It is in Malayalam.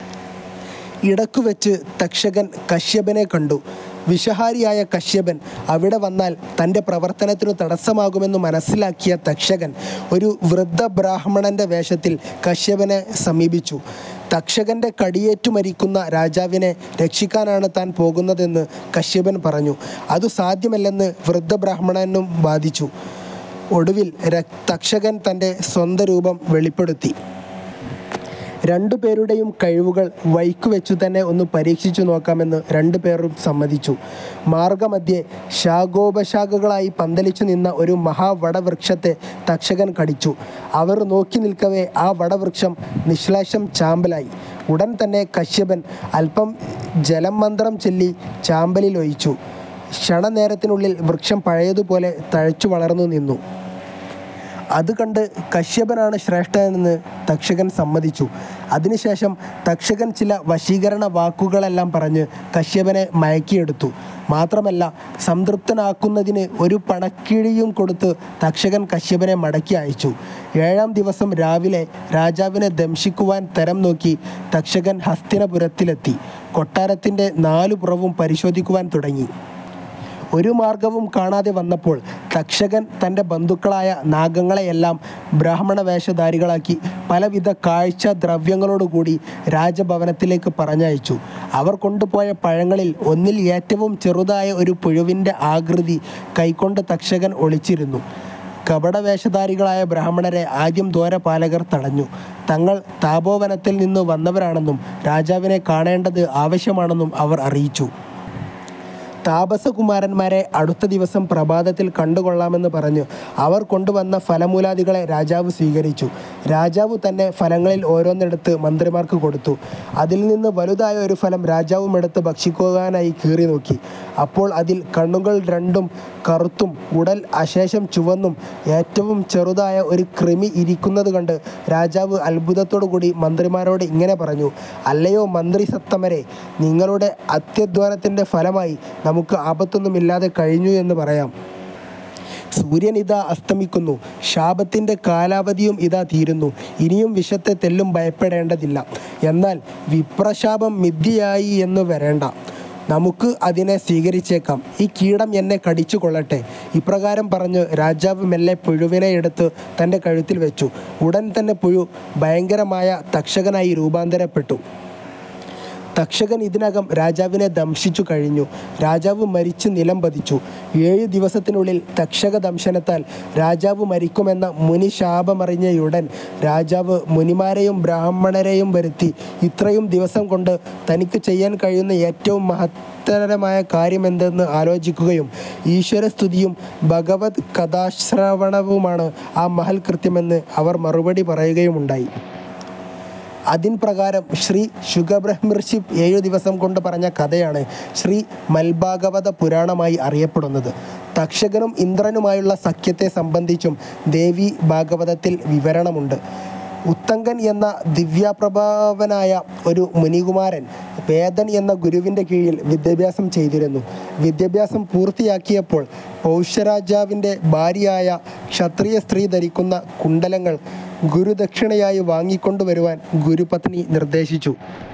ഇടയ്ക്കുവച്ച് തക്ഷകൻ കശ്യപനെ കണ്ടു. വിഷഹാരിയായ കശ്യപൻ അവിടെ വന്നാൽ തന്റെ പ്രവർത്തനത്തിനു തടസ്സമുണ്ടാകുമെന്നു മനസ്സിലാക്കിയ തക്ഷകൻ ഒരു വൃദ്ധബ്രാഹ്മണന്റെ വേഷത്തിൽ കശ്യപനെ സമീപിച്ചു. തക്ഷകന്റെ കടിയേറ്റു മരിക്കുന്ന രാജാവിനെ രക്ഷിക്കാനാണ് താൻ പോകുന്നതെന്നു കശ്യപൻ പറഞ്ഞു. അതു സാധ്യമല്ലെന്ന് വൃദ്ധബ്രാഹ്മണനും വാദിച്ചു. ഒടുവിൽ രക്ഷ തക്ഷകൻ തന്റെ സ്വന്തരൂപം വെളിപ്പെടുത്തി. രണ്ടുപേരുടേയും കഴിവുകൾ വഴിക്കുവച്ചുതന്നെ ഒന്നു പരീക്ഷിച്ചു നോക്കാമെന്നു രണ്ടു പേരും സമ്മതിച്ചു. മാർഗ്ഗമധ്യേ ശാഖോപശാഖകളായി പന്തലിച്ചു നിന്ന ഒരു മഹാവടവൃക്ഷത്തെ തക്ഷകൻ കടിച്ചു. അവർ നോക്കി നില്ക്കവേ ആ വടവൃക്ഷം നിശ്ശേഷം ചാമ്പലായി. ഉടൻതന്നെ കശ്യപൻ അല്പം ജലം മന്ത്രം ചൊല്ലി ചാമ്പലിൽ ഒഴിച്ചു. ക്ഷണ നേരത്തിനുള്ളിൽ വൃക്ഷം പഴയതുപോലെ തഴച്ചുവളർന്നു നിന്നു. അതുകണ്ട് കശ്യപനാണ് ശ്രേഷ്ഠനെന്ന് തക്ഷകൻ സമ്മതിച്ചു. അതിനുശേഷം തക്ഷകൻ ചില വശീകരണവാക്കുകളെല്ലാം പറഞ്ഞ് കശ്യപനെ മയക്കിയെടുത്തു. മാത്രമല്ല, സംതൃപ്തനാക്കുന്നതിന് ഒരു പണക്കിഴിയും കൊടുത്ത് തക്ഷകൻ കശ്യപനെ മടക്കി അയച്ചു. ഏഴാം ദിവസം രാവിലെ രാജാവിനെ ദംശിക്കുവാൻ തരം നോക്കി തക്ഷകൻ ഹസ്തിനപുരത്തിലെത്തി. കൊട്ടാരത്തിന്റെ നാലു പുറവും പരിശോധിക്കുവാൻ തുടങ്ങി. ഒരു മാർഗവും കാണാതെ വന്നപ്പോൾ തക്ഷകൻ തന്റെ ബന്ധുക്കളായ നാഗങ്ങളെയെല്ലാം ബ്രാഹ്മണവേഷധാരികളാക്കി പലവിധ കാഴ്ചദ്രവ്യങ്ങളോടുകൂടി രാജഭവനത്തിലേക്കു പറഞ്ഞയച്ചു. അവർ കൊണ്ടുപോയ പഴങ്ങളിൽ ഒന്നിൽ ഏറ്റവും ചെറുതായ ഒരു പുഴുവിന്റെ ആകൃതി കൈ ക്കൊണ്ട് തക്ഷകൻ ഒളിച്ചിരുന്നു. കപടവേഷധാരികളായ ബ്രാഹ്മണരെ ആദ്യം ദ്വാരപാലകർ തടഞ്ഞു. തങ്ങൾ തപോവനത്തിൽ നിന്നു വന്നവരാണെന്നും രാജാവിനെ കാണേണ്ടത് ആവശ്യമാണെന്നും അവർ അറിയിച്ചു. താപസകുമാരന്മാരെ അടുത്ത ദിവസം പ്രഭാതത്തിൽ കണ്ടുകൊള്ളാമെന്നു പറഞ്ഞ് അവർ കൊണ്ടുവന്ന ഫലമൂലാദികളെ രാജാവ് സ്വീകരിച്ചു. രാജാവുതന്നെ ഫലങ്ങളിൽ ഓരോന്നെടുത്ത് മന്ത്രിമാർക്കു കൊടുത്തു. അതിൽനിന്ന് വലുതായ ഒരു ഫലം രാജാവുമെടുത്തു ഭക്ഷിക്കുവാനായി കീറിനോക്കി. അപ്പോൾ അതിൽ കണ്ണുകൾ രണ്ടും കറുത്തും ഉടൽ അശേഷം ചുവന്നും ഏറ്റവും ചെറുതായ ഒരു കൃമി ഇരിക്കുന്നതുകണ്ട് രാജാവ് അത്ഭുതത്തോടുകൂടി മന്ത്രിമാരോട് ഇങ്ങനെ പറഞ്ഞു: "അല്ലയോ മന്ത്രിസത്തമരേ, നിങ്ങളുടെ അത്യധ്വാനത്തിന്റെ ഫലമായി നമുക്ക് ആപത്തൊന്നും ഇല്ലാതെ കഴിഞ്ഞു എന്നു പറയാം. സൂര്യനിതാ അസ്തമിക്കുന്നു. ശാപത്തിന്റെ കാലാവധിയും ഇതാ തീരുന്നു. ഇനിയും വിഷത്തെ തെല്ലും ഭയപ്പെടേണ്ടതില്ല. എന്നാൽ വിപ്രശാപം മിഥ്യയായി എന്നു വരേണ്ട. നമുക്ക് അതിനെ സ്വീകരിച്ചേക്കാം. ഈ കീടം എന്നെ കടിച്ചുകൊള്ളട്ടെ. ഇപ്രകാരം പറഞ്ഞ് രാജാവ് മെല്ലെ പുഴുവിനെ എടുത്ത് തന്റെ കഴുത്തിൽ വച്ചു. ഉടൻതന്നെ പുഴു ഭയങ്കരമായ തക്ഷകനായി രൂപാന്തരപ്പെട്ടു. തക്ഷകൻ ഇതിനകം രാജാവിനെ ദംശിച്ചു കഴിഞ്ഞു. രാജാവ് മരിച്ചു നിലം പതിച്ചു. ഏഴു ദിവസത്തിനുള്ളിൽ തക്ഷക ദംശനത്താൽ രാജാവു മരിക്കുമെന്ന മുനി ശാപമറിഞ്ഞയുടൻ രാജാവ് മുനിമാരേയും ബ്രാഹ്മണരേയും വരുത്തി ഇത്രയും ദിവസംകൊണ്ട് തനിക്കു ചെയ്യാൻ കഴിയുന്ന ഏറ്റവും മഹത്തായ കാര്യമെന്തെന്ന് ആലോചിക്കുകയും ഈശ്വരസ്തുതിയും ഭഗവത്കഥാ ശ്രവണവുമാണ് ആ മഹത് കൃത്യമെന്ന് അവർ മറുപടി പറയുകയുമുണ്ടായി. അതിൻപ്രകാരം ശ്രീ ശുകബ്രഹ്മർഷി ഏഴു ദിവസം കൊണ്ട് പറഞ്ഞ കഥയാണ് ശ്രീമദ്ഭാഗവതപുരാണമായി അറിയപ്പെടുന്നത്. തക്ഷകനും ഇന്ദ്രനുമായുള്ള സഖ്യത്തെ സംബന്ധിച്ചും ദേവീ ഭാഗവതത്തിൽ വിവരണമുണ്ട്. ഉത്തങ്കൻ എന്ന ദിവ്യപ്രഭാവനായ ഒരു മുനികുമാരൻ വേദൻ എന്ന ഗുരുവിന്റെ കീഴിൽ വിദ്യാഭ്യാസം ചെയ്തിരുന്നു. വിദ്യാഭ്യാസം പൂർത്തിയാക്കിയപ്പോൾ പൗഷരാജാ വിന്റെ ഭാര്യയായ ക്ഷത്രിയസ്ത്രീ ധരിക്കുന്ന കുണ്ഡലങ്ങൾ ഗുരുദക്ഷിണയായി വാങ്ങിക്കൊണ്ടു വരുവാൻ ഗുരുപത്നി നിർദേ ശിച്ചു.